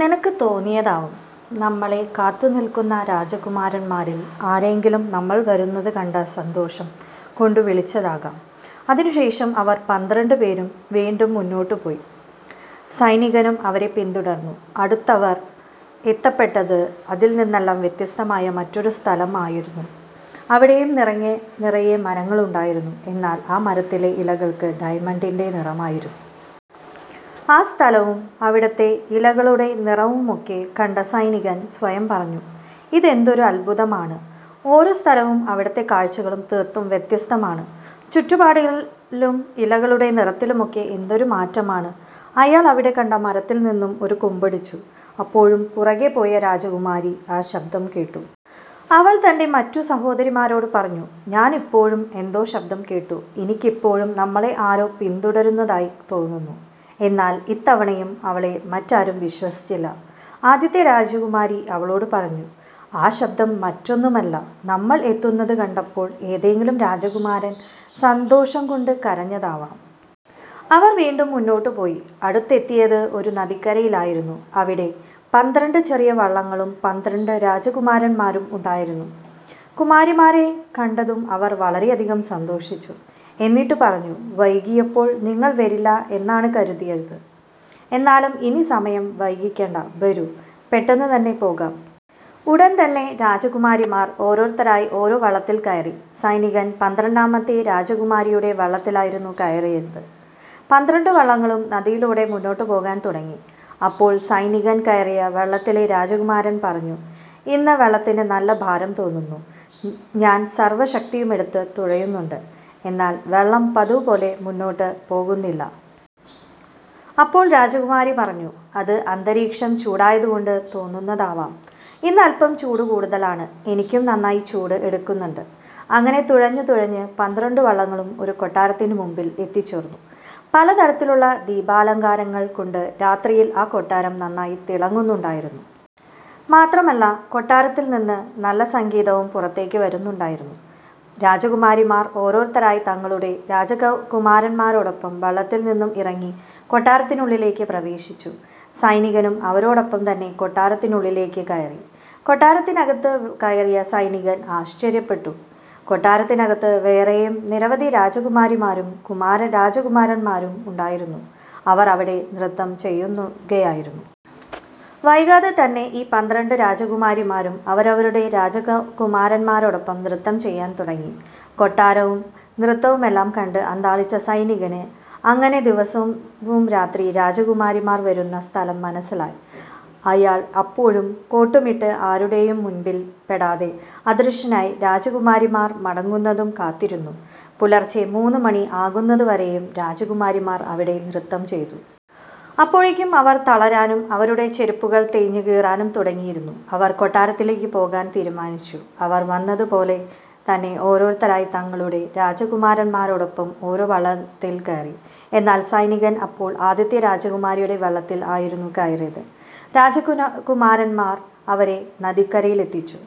നിനക്ക് തോന്നിയതാവും. നമ്മളെ കാത്തുനിൽക്കുന്ന രാജകുമാരന്മാരിൽ ആരെങ്കിലും നമ്മൾ വരുന്നതു കണ്ട സന്തോഷം കൊണ്ടു വിളിച്ചതാകാം. " അതിനുശേഷം അവർ പന്ത്രണ്ട് പേരും വീണ്ടും മുന്നോട്ടു പോയി. സൈനികനും അവരെ പിന്തുടർന്നു. അടുത്തവർ എത്തപ്പെട്ടത് അതിൽനിന്നെല്ലാം വ്യത്യസ്തമായ മറ്റൊരു സ്ഥലത്തായിരുന്നു. അവിടെയും നിറയെ മരങ്ങളുണ്ടായിരുന്നു. എന്നാൽ ആ മരങ്ങളിലെ ഇലകൾക്ക് ഡയമണ്ടിൻ്റെ നിറമായിരുന്നു. ആ സ്ഥലവും അവിടുത്തെ ഇലകളുടെ നിറവുമൊക്കെ കണ്ട സൈനികൻ സ്വയം പറഞ്ഞു। "ഇതെന്തൊരു അത്ഭുതമാണ്. ഓരോ സ്ഥലവും അവിടത്തെ കാഴ്ചകളും തീർത്തും വ്യത്യസ്തമാണ്. ചുറ്റുപാടിലും ഇലകളുടെ നിറത്തിലുമൊക്കെ എന്തൊരു മാറ്റമാണ്. " അയാൾ അവിടെ കണ്ട മരത്തിൽ നിന്നും ഒരു കൊമ്പൊടിച്ചു. അപ്പോഴും പുറകേപോയ രാജകുമാരി ആ ശബ്ദം കേട്ടു. അവൾ തൻ്റെ മറ്റു സഹോദരിമാരോട് പറഞ്ഞു "ഞാനിപ്പോഴും എന്തോ ശബ്ദം കേട്ടു. എനിക്കിപ്പോഴും നമ്മളെ ആരോ പിന്തുടരുന്നതായി തോന്നുന്നു. " എന്നാൽ ഇത്തവണയും അവളെ മറ്റാരും വിശ്വസിച്ചില്ല. ആദ്യത്തെ രാജകുമാരി അവളോട് പറഞ്ഞു "ആ ശബ്ദം മറ്റൊന്നുമല്ല. നമ്മൾ എത്തുന്നത് കണ്ടപ്പോൾ ഏതെങ്കിലും രാജകുമാരൻ സന്തോഷംകൊണ്ട് കരഞ്ഞതാകാം. " അവർ വീണ്ടും മുന്നോട്ടു പോയി. അടുത്തെത്തിയത് ഒരു നദിക്കരയിൽ ആയിരുന്നു. അവിടെ പന്ത്രണ്ട് ചെറിയ വള്ളങ്ങളും പന്ത്രണ്ട് രാജകുമാരന്മാരും ഉണ്ടായിരുന്നു. രാജകുമാരിമാരെ കണ്ടതും അവർ വളരെയധികം സന്തോഷിച്ചു. എന്നിട്ട് പറഞ്ഞു "വൈകിയപ്പോൾ നിങ്ങൾ വരില്ല എന്നാണ് കരുതിയത്. എന്തായാലും ഇനി സമയം വൈകിക്കേണ്ട വരൂ പെട്ടെന്ന് തന്നെ പോകാം. " ഉടൻതന്നെ രാജകുമാരിമാർ ഓരോരുത്തരായി ഓരോ വള്ളത്തിൽ കയറി. സൈനികൻ പന്ത്രണ്ടാമത്തെ രാജകുമാരിയുടെ വള്ളത്തിലായിരുന്നു കയറിയത്. പന്ത്രണ്ട് വള്ളങ്ങളും നദിയിലൂടെ മുന്നോട്ടു പോകാൻ തുടങ്ങി. അപ്പോൾ സൈനികൻ കയറിയ വള്ളത്തിലെ രാജകുമാരൻ പറഞ്ഞു "ഇന്ന് വള്ളത്തിന് നല്ല ഭാരം തോന്നുന്നു. ഞാൻ സർവ്വശക്തിയുമെടുത്ത് തുഴയുന്നുണ്ട്. എന്നാൽ വള്ളം പതിവുപോലെ മുന്നോട്ടു പോകുന്നില്ല. " അപ്പോൾ രാജകുമാരി പറഞ്ഞു "അത് അന്തരീക്ഷം ചൂടായതുകൊണ്ട് തോന്നുന്നതാവാം. ഇന്ന് അല്പം ചൂട് കൂടുതലാണ്. എനിക്കും നന്നായി ചൂട് എടുക്കുന്നുണ്ട്. " അങ്ങനെ തുഴഞ്ഞ് തുഴഞ്ഞ് പന്ത്രണ്ട് വള്ളങ്ങളും ഒരു കൊട്ടാരത്തിൻ്റെ മുൻപിൽ എത്തിച്ചേർന്നു. പലതരത്തിലുള്ള ദീപാലങ്കാരങ്ങൾ കൊണ്ട് രാത്രിയിൽ ആ കൊട്ടാരം നന്നായി തിളങ്ങുന്നുണ്ടായിരുന്നു. മാത്രമല്ല കൊട്ടാരത്തിൽനിന്നും നല്ല സംഗീതവും പുറത്തേക്ക് വരുന്നുണ്ടായിരുന്നു. രാജകുമാരിമാർ ഓരോരുത്തരായി തങ്ങളുടെ രാജകുമാരന്മാരോടൊപ്പം വള്ളത്തിൽ നിന്നും ഇറങ്ങി കൊട്ടാരത്തിനുള്ളിലേക്ക് പ്രവേശിച്ചു. സൈനികനും അവരോടൊപ്പം തന്നെ കൊട്ടാരത്തിനുള്ളിലേക്ക് കയറി. കൊട്ടാരത്തിനകത്ത് കയറിയ സൈനികൻ ആശ്ചര്യപ്പെട്ടു. കൊട്ടാരത്തിനകത്ത് വേറെയും നിരവധി രാജകുമാരിമാരും രാജകുമാരന്മാരും ഉണ്ടായിരുന്നു. അവർ അവിടെ നൃത്തം ചെയ്യുകയായിരുന്നു. വൈകാതെ തന്നെ ഈ പന്ത്രണ്ട് രാജകുമാരിമാരും അവരവരുടെ രാജകുമാരന്മാരോടൊപ്പം നൃത്തം ചെയ്യാൻ തുടങ്ങി. കൊട്ടാരവും നൃത്തവുമെല്ലാം കണ്ട് അന്ധാളിച്ച സൈനികന് അങ്ങനെ ദിവസവും രാത്രി രാജകുമാരിമാർ വരുന്ന സ്ഥലം മനസ്സിലായി. അയാൾ അപ്പോഴും കോട്ടുമിട്ട് ആരുടെയും മുൻപിൽ പെടാതെ അദൃശനായി രാജകുമാരിമാർ മടങ്ങുന്നതും കാത്തിരുന്നു. പുലർച്ചെ മൂന്നുമണി ആകുന്നതുവരെയും രാജകുമാരിമാർ അവിടെ നൃത്തം ചെയ്തു. അപ്പോഴേക്കും അവർ തളരാനും അവരുടെ ചെരുപ്പുകൾ തേഞ്ഞ് കീറാനും തുടങ്ങിയിരുന്നു. അവർ കൊട്ടാരത്തിലേക്ക് പോകാൻ തീരുമാനിച്ചു. അവർ വന്നത് പോലെ തന്നെ ഓരോരുത്തരായി തങ്ങളുടെ രാജകുമാരന്മാരോടൊപ്പം ഓരോ വള്ളങ്ങളിൽ കയറി. എന്നാൽ സൈനികൻ അപ്പോൾ ആദ്യത്തെ രാജകുമാരിയുടെ വള്ളത്തിൽ ആയിരുന്നു കയറിയത്. രാജകുമാരന്മാർ അവരെ നദിക്കരയിലെത്തിച്ചു.